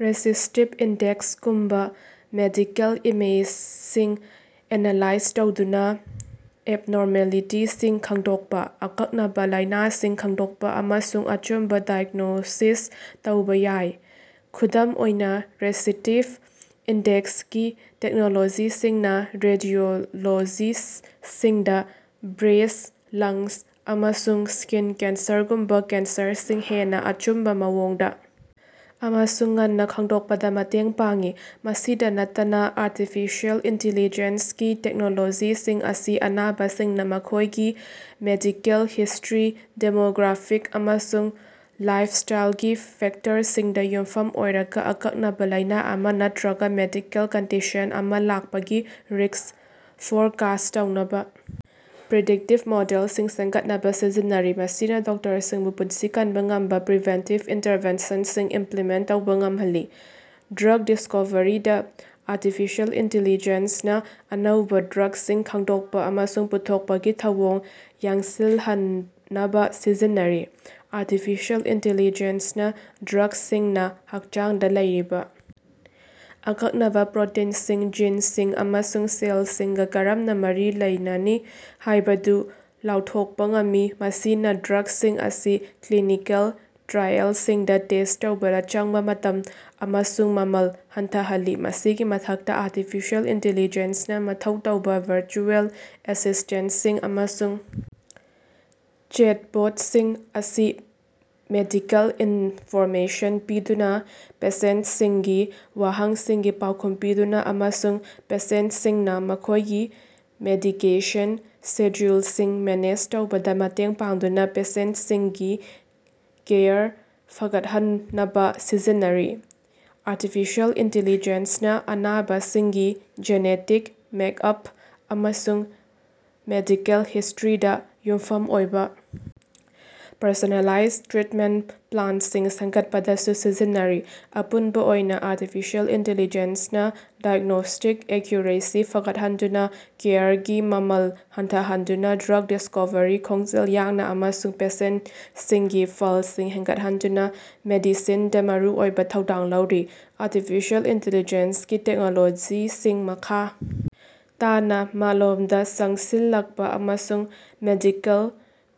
Resistive index ꯒꯨꯝꯕ medical ꯏꯃꯦꯖꯁꯤꯡ analyse ꯇꯧꯗꯨꯅ ꯑꯦꯕꯅꯣꯔꯃꯦꯜꯂꯤꯇꯤꯁꯤꯡ ꯈꯪꯗꯣꯛꯄ, ꯑꯀꯛꯅꯕ ꯂꯥꯏꯅꯥꯁꯤꯡ ꯈꯪꯗꯣꯛꯄ ꯑꯃꯁꯨꯡ ꯑꯆꯨꯝꯕ ꯗꯥꯏꯒ꯭ꯅꯣꯁꯤꯁ ꯇꯧꯕ ꯌꯥꯏ꯫ ꯈꯨꯗꯝ ꯑꯣꯏꯅ, ꯔꯦꯁꯤꯇꯤꯚ ꯏꯟꯗꯦꯛꯁ ꯒꯤ ꯇꯦꯛꯅꯣꯂꯣꯖꯤꯁꯤꯡꯅ ꯔꯦꯗꯤꯑꯣꯂꯣꯖꯤꯁꯁꯤꯡꯗ ꯕ꯭ꯔꯦꯁ꯭, ꯂꯪꯁ, ꯑꯃꯁꯨꯡ ꯁ꯭ꯀꯤꯟ ꯀꯦꯟꯁꯔꯒꯨꯝꯕ ꯀꯦꯟꯁꯔꯁꯤꯡ ꯍꯦꯟꯅ ꯑꯆꯨꯝꯕ ꯃꯑꯣꯡꯗ ꯑꯃꯁꯨꯡ ꯉꯟꯅ ꯈꯪꯗꯣꯛꯄꯗ ꯃꯇꯦꯡ ꯄꯥꯡꯏ꯫ ꯃꯁꯤꯗ ꯅꯠꯇꯅ, ꯑꯔꯇꯤꯐꯤꯁꯤꯑꯦꯜ ꯏꯟꯇꯤꯂꯤꯖꯦꯟꯁ ꯀꯤ ꯇꯦꯛꯅꯣꯂꯣꯖꯤꯁꯤꯡ ꯑꯁꯤ ꯑꯅꯥꯕꯁꯤꯡꯅ ꯃꯈꯣꯏꯒꯤ ꯃꯦꯗꯤꯀꯦꯜ ꯍꯤꯁꯇ꯭ꯔꯤ, ꯗꯦꯃꯣꯒ꯭ꯔꯥꯐꯤꯛ, ꯑꯃꯁꯨꯡ ꯂꯥꯏꯐꯁ꯭ꯇꯥꯏꯜꯒꯤ ꯐꯦꯛꯇꯔꯁꯤꯡꯗ ꯌꯨꯝꯐꯝ ꯑꯣꯏꯔꯒ ꯑꯀꯛꯅꯕ ꯂꯥꯏꯅ ꯑꯃ ꯅꯠꯇ꯭ꯔꯒ ꯃꯦꯗꯤꯀꯦꯜ ꯀꯟꯗꯤꯁꯟ ꯑꯃ ꯂꯥꯛꯄꯒꯤ ꯔꯤꯁ꯭ꯛ ꯐꯣꯔꯀꯥꯁ ꯇꯧꯅꯕ ꯄ꯭ꯔꯤꯗꯤꯛꯇꯤꯚ ꯃꯣꯗꯦꯜꯁꯤꯡ ꯁꯦꯝꯒꯠꯅꯕ ꯁꯤꯖꯤꯟꯅꯔꯤ꯫ ꯃꯁꯤꯅ ꯗꯣꯛꯇꯔꯁꯤꯡꯕꯨ ꯄꯨꯟꯁꯤ ꯀꯟꯕ ꯉꯝꯕ ꯄ꯭ꯔꯤꯚꯦꯟꯇꯤꯚ ꯏꯟꯇꯔꯚꯦꯟꯁꯟꯁꯤꯡ ꯏꯝꯄ꯭ꯂꯤꯃꯦꯟꯇ ꯇꯧꯕ ꯉꯝꯍꯜꯂꯤ꯫ ꯗ꯭ꯔꯒ ꯗꯤꯁꯀꯣꯚꯔꯤꯗꯥ ꯑꯥꯔꯇꯤꯐꯤꯁꯤꯑꯦꯜ ꯏꯟꯇꯤꯂꯤꯖꯦꯟꯁ ꯅꯥ ꯑꯅꯧꯕ ꯗ꯭ꯔꯒꯁꯤꯡ ꯈꯪꯗꯣꯛꯄ ꯑꯃꯁꯨꯡ ꯄꯨꯊꯣꯛꯄꯒꯤ ꯊꯧꯑꯣꯡ ꯌꯥꯡꯁꯤꯜꯍꯟꯅꯕ ꯁꯤꯖꯤꯟꯅꯔꯤ꯫ ꯑꯥꯔꯇꯤꯐꯤꯁꯤꯑꯦꯜ ꯏꯟꯇꯤꯂꯤꯖꯦꯟꯁ ꯅꯥ ꯗ꯭ꯔꯒꯁꯤꯡꯅ ꯍꯛꯆꯥꯡꯗ ꯂꯩꯔꯤꯕ ꯑꯀꯛꯅꯕ ꯄ꯭ꯔꯣꯇꯤꯟꯁꯤꯡ, ꯖꯤꯟꯁꯤꯡ ꯑꯃꯁꯨꯡ ꯁꯦꯜꯁꯤꯡꯒꯥ ꯀꯔꯝꯅ ꯃꯔꯤ ꯂꯩꯅꯅꯤ ꯍꯥꯏꯕꯗꯨ ꯂꯥꯎꯊꯣꯛꯄ ꯉꯝꯃꯤ, ꯃꯁꯤꯅ ꯗ꯭ꯔꯒꯁꯤꯡ ꯑꯁꯤ ꯀ꯭ꯂꯤꯅꯤꯀꯦꯜ ꯇ꯭ꯔꯥꯏꯑꯦꯜꯁꯤꯡꯗ ꯇꯦꯁ ꯇꯧꯕꯗ ꯆꯪꯕ ꯃꯇꯝ ꯑꯃꯁꯨꯡ ꯃꯃꯜ ꯍꯟꯊꯥꯍꯜꯂꯤ꯫ ꯃꯁꯤꯒꯤ ꯃꯊꯛꯇꯥ, ꯑꯥꯇꯤꯐꯤꯑꯦꯜ ꯏꯟꯇꯤꯂꯤꯖꯦꯟꯁ ꯅꯥ ꯃꯊꯧ ꯇꯧꯕ ꯚꯔꯆꯨꯑꯦꯜ ꯑꯦꯁꯤꯁꯇꯦꯟꯁꯤꯡ ꯑꯃꯁꯨꯡ ꯆꯦꯠꯕꯣꯠꯁꯤꯡ ꯑꯁꯤ ꯃꯦꯗꯤꯀꯦꯜ ꯏꯟꯐꯣꯔꯃꯦꯁꯟ ꯄꯤꯗꯨꯅ, ꯄꯦꯁꯦꯟꯇꯁꯤꯡꯒꯤ ꯋꯍꯪꯁꯤꯡꯒꯤ ꯄꯥꯎꯈꯨꯝ ꯄꯤꯗꯨꯅ, ꯑꯃꯁꯨꯡ ꯄꯦꯁꯦꯟꯇꯁꯤꯡꯅ ꯃꯈꯣꯏꯒꯤ ꯃꯦꯗꯤꯀꯦꯁꯟ ꯁꯦꯗ꯭ꯌꯨꯜꯁꯤꯡ ꯃꯦꯅꯦꯖ ꯇꯧꯕꯗ ꯃꯇꯦꯡ ꯄꯥꯡꯗꯨꯅ ꯄꯦꯁꯦꯟꯇꯁꯤꯡꯒꯤ ꯀꯦꯌꯔ ꯐꯒꯠꯍꯟꯅꯕ ꯁꯤꯖꯤꯟꯅꯔꯤ꯫ ꯑꯥꯔꯇꯤꯐꯤꯁꯤꯑꯦꯜ ꯏꯟꯇꯦꯂꯤꯖꯦꯟꯁ ꯅꯥ ꯑꯅꯥꯕꯁꯤꯡꯒꯤ ꯖꯦꯅꯦꯇꯤꯛ ꯃꯦꯛꯑꯞ ꯑꯃꯁꯨꯡ ꯃꯦꯗꯤꯀꯦꯜ ꯍꯤꯁꯇ꯭ꯔꯤꯗ ꯌꯨꯝꯐꯝ ꯑꯣꯏꯕ ꯄꯔꯁꯣꯅꯦꯂꯥꯏꯖ ꯇ꯭ꯔꯤꯠꯃꯦꯟꯇ ꯄ꯭ꯂꯥꯟꯁꯤꯡ ꯁꯦꯝꯒꯠꯄꯗꯁꯨ ꯁꯤꯖꯤꯟꯅꯔꯤ꯫ ꯑꯄꯨꯟꯕ ꯑꯣꯏꯅ, ꯑꯥꯔꯇꯤꯐꯤꯁꯤꯑꯦꯜ ꯏꯟꯇꯦꯂꯤꯖꯦꯟꯁ ꯅꯥ ꯗꯥꯏꯒ꯭ꯅꯣꯁꯇꯤꯛ ꯑꯦꯛꯀ꯭ꯌꯨꯔꯦꯁꯤ ꯐꯒꯠꯍꯟꯗꯨꯅ, ꯀꯦꯌꯔꯒꯤ ꯃꯃꯜ ꯍꯟꯊꯍꯟꯗꯨꯅ, ꯗ꯭ꯔꯒ ꯗꯤꯁꯀꯣꯚ꯭ꯔꯤ ꯈꯣꯡꯖꯦꯜ ꯌꯥꯡꯅ ꯑꯃꯁꯨꯡ ꯄꯦꯁꯦꯟꯇꯁꯤꯡꯒꯤ ꯐꯜꯁꯤꯡ ꯍꯦꯟꯒꯠꯍꯟꯗꯨꯅ ꯃꯦꯗꯤꯁꯤꯟꯗ ꯃꯔꯨꯑꯣꯏꯕ ꯊꯧꯗꯥꯡ ꯂꯧꯔꯤ꯫ ꯑꯥꯔꯇꯤꯐꯤꯁꯤꯑꯦꯜ ꯏꯟꯇꯦꯂꯤꯖꯦꯟꯁ ꯒꯤ ꯇꯦꯛꯅꯣꯂꯣꯖꯤꯁꯤꯡ ꯃꯈꯥ ꯇꯥꯅ ꯃꯥꯂꯣꯝꯗ ꯆꯪꯁꯤꯜꯂꯛꯄ ꯑꯃꯁꯨꯡ ꯃꯦꯗꯤꯀꯦꯜ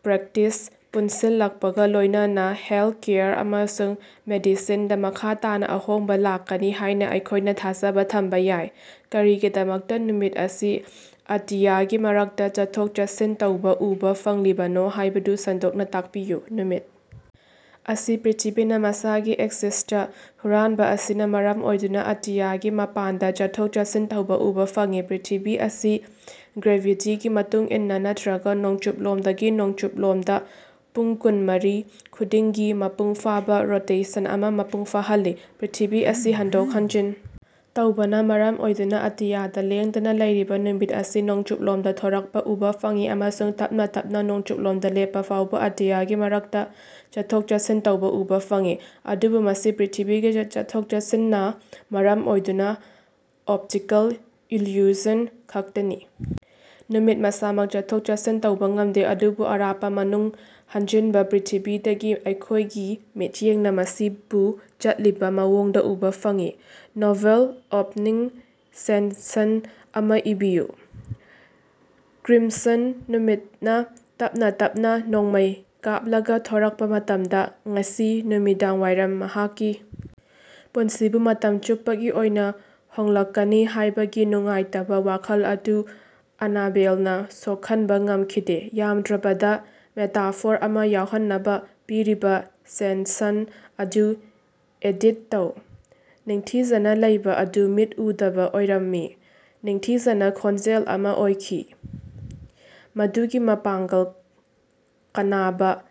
ꯄ꯭ꯔꯦꯛꯇꯤꯁ ꯄꯨꯟꯁꯤꯜꯂꯛꯄꯒ ꯂꯣꯏꯅꯥꯅ ꯍꯦꯜꯊꯀꯦꯌꯔ ꯑꯃꯁꯨꯡ ꯃꯦꯗꯤꯁꯤꯟꯗ ꯃꯈꯥ ꯇꯥꯅ ꯑꯍꯣꯡꯕ ꯂꯥꯛꯀꯅꯤ ꯍꯥꯏꯅ ꯑꯩꯈꯣꯏꯅ ꯊꯥꯖꯕ ꯊꯝꯕ ꯌꯥꯏ꯫ ꯀꯔꯤꯒꯤꯗꯃꯛꯇꯥ ꯅꯨꯃꯤꯠ ꯑꯁꯤ ꯑꯇꯤꯌꯥꯒꯤ ꯃꯔꯛꯇ ꯆꯠꯊꯣꯛ-ꯆꯠꯁꯤꯟ ꯇꯧꯕ ꯎꯕ ꯐꯪꯂꯤꯕꯅꯣ ꯍꯥꯏꯕꯗꯨ ꯁꯟꯗꯣꯛꯅ ꯇꯥꯛꯄꯤꯌꯨ꯫ ꯅꯨꯃꯤꯠ ꯑꯁꯤ ꯄ꯭ꯔ꯭ꯤꯊꯤꯕꯤꯅ ꯃꯁꯥꯒꯤ ꯑꯦꯛꯁꯤꯁꯇꯥ ꯍꯨꯔꯥꯟꯕ ꯑꯁꯤꯅ ꯃꯔꯝ ꯑꯣꯏꯗꯨꯅ ꯑꯇꯤꯌꯥꯒꯤ ꯃꯄꯥꯟꯗ ꯆꯠꯊꯣꯛ-ꯆꯠꯁꯤꯟ ꯇꯧꯕ ꯎꯕ ꯐꯪꯏ꯫ ꯄ꯭ꯔ꯭ꯤꯊꯤꯕꯤ ꯑꯁꯤ ꯒ꯭ꯔꯦꯚꯤꯇꯤꯒꯤ ꯃꯇꯨꯡ ꯏꯟꯅꯥ, ꯅꯠꯇ꯭ꯔꯒ ꯅꯣꯡꯆꯨꯞꯂꯣꯝꯗꯒꯤ ꯅꯣꯡꯆꯨꯝꯂꯣꯝꯗ, ꯄꯨꯡ ꯀꯨꯟꯃꯔꯤ ꯈꯨꯗꯤꯡꯒꯤ ꯃꯄꯨꯡꯐꯥꯕ ꯔꯣꯇꯦꯁꯟ ꯑꯃ ꯃꯄꯨꯡ ꯐꯥꯍꯜꯂꯤ꯫ ꯄ꯭ꯔ꯭ꯤꯊꯤꯕꯤ ꯑꯁꯤ ꯍꯟꯗꯣꯛ-ꯍꯟꯖꯤꯟ ꯇꯧꯕꯅ ꯃꯔꯝ ꯑꯣꯏꯗꯨꯅ ꯑꯇꯤꯌꯥꯗ ꯂꯦꯡꯗꯅ ꯂꯩꯔꯤꯕ ꯅꯨꯃꯤꯠ ꯑꯁꯤ ꯅꯣꯡꯆꯨꯞꯂꯣꯝꯗ ꯊꯣꯔꯛꯄ ꯎꯕ ꯐꯪꯏ ꯑꯃꯁꯨꯡ ꯇꯞꯅ ꯇꯞꯅ ꯅꯣꯡꯆꯨꯞꯂꯣꯝꯗ ꯂꯦꯞꯄ ꯐꯥꯎꯕ ꯑꯇꯤꯌꯥꯒꯤ ꯃꯔꯛꯇ ꯆꯠꯊꯣꯛ-ꯆꯠꯁꯤꯟ ꯇꯧꯕ ꯎꯕ ꯐꯪꯏ꯫ ꯑꯗꯨꯕꯨ ꯃꯁꯤ ꯄ꯭ꯔ꯭ꯤꯊꯤꯕꯤꯒꯤ ꯆꯠꯊꯣꯛ-ꯆꯠꯁꯤꯟꯅ ꯃꯔꯝ ꯑꯣꯏꯗꯨꯅ ꯑꯣꯞꯇꯤꯀꯦꯜ ꯏꯜꯌꯨꯖꯟ ꯈꯛꯇꯅꯤ꯫ ꯅꯨꯃꯤꯠ ꯃꯁꯥꯃꯛ ꯆꯠꯊꯣꯛ-ꯆꯠꯁꯤꯟ ꯇꯧꯕ ꯉꯝꯗꯦ, ꯑꯗꯨꯕꯨ ꯑꯔꯥꯞꯄ ꯃꯅꯨꯡ ꯍꯟꯖꯤꯟꯕ ꯄ꯭ꯔ꯭ꯤꯊꯤꯕꯤꯗꯒꯤ ꯑꯩꯈꯣꯏꯒꯤ ꯃꯤꯠꯌꯦꯡꯅ ꯃꯁꯤꯕꯨ ꯆꯠꯂꯤꯕ ꯃꯑꯣꯡꯗ ꯎꯕ ꯐꯪꯏ꯫ ꯅꯣꯚꯦꯜ ꯑꯣꯞꯅꯤꯡ ꯁꯦꯟꯁꯟ ꯑꯃ ꯏꯕꯤꯌꯨ꯫ ꯀ꯭ꯔꯤꯝꯁꯟ ꯅꯨꯃꯤꯠꯅ ꯇꯞꯅ ꯇꯞꯅ ꯅꯣꯡꯃꯩ ꯀꯥꯞꯂꯒꯥ ꯊꯣꯔꯛꯄ ꯃꯇꯝꯗ, ꯉꯁꯤ ꯅꯨꯃꯤꯗꯥꯡꯋꯥꯏꯔꯝ ꯃꯍꯥꯛꯀꯤ ꯄꯨꯟꯁꯤꯕꯨ ꯃꯇꯝ ꯆꯨꯞꯄꯒꯤ ꯑꯣꯏꯅ ꯍꯣꯡꯂꯛꯀꯅꯤ ꯍꯥꯏꯕꯒꯤ ꯅꯨꯡꯉꯥꯏꯇꯕ ꯋꯥꯈꯜ ꯑꯗꯨ ꯑꯅꯥꯕꯦꯜꯅꯥ ꯁꯣꯛꯍꯟꯕ ꯉꯝꯈꯤꯗꯦ꯫ ꯌꯥꯝꯗ꯭ꯔꯕꯗ ꯃꯦꯇꯥꯐꯣꯔ ꯑꯃ ꯌꯥꯎꯍꯟꯅꯕ ꯄꯤꯔꯤꯕ ꯁꯦꯟꯁꯟ ꯑꯗꯨ ꯑꯦꯗꯤꯠ ꯇꯧ꯫ ꯅꯤꯡꯊꯤꯖꯅ ꯂꯩꯕ ꯑꯗꯨ ꯃꯤꯠ ꯎꯗꯕ ꯑꯣꯏꯔꯝꯃꯤ꯫ ꯅꯤꯡꯊꯤꯖꯅꯥ ꯈꯣꯟꯖꯦꯜ ꯑꯃ ꯑꯣꯏꯈꯤ, ꯃꯗꯨꯒꯤ ꯃꯄꯥꯡꯒꯜ ꯀꯅꯥꯕ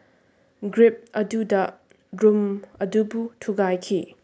ꯒ꯭ꯔꯤꯞ ꯑꯗꯨꯗ ꯔꯨꯝ ꯑꯗꯨꯕꯨ ꯊꯨꯒꯥꯏꯈꯤ꯫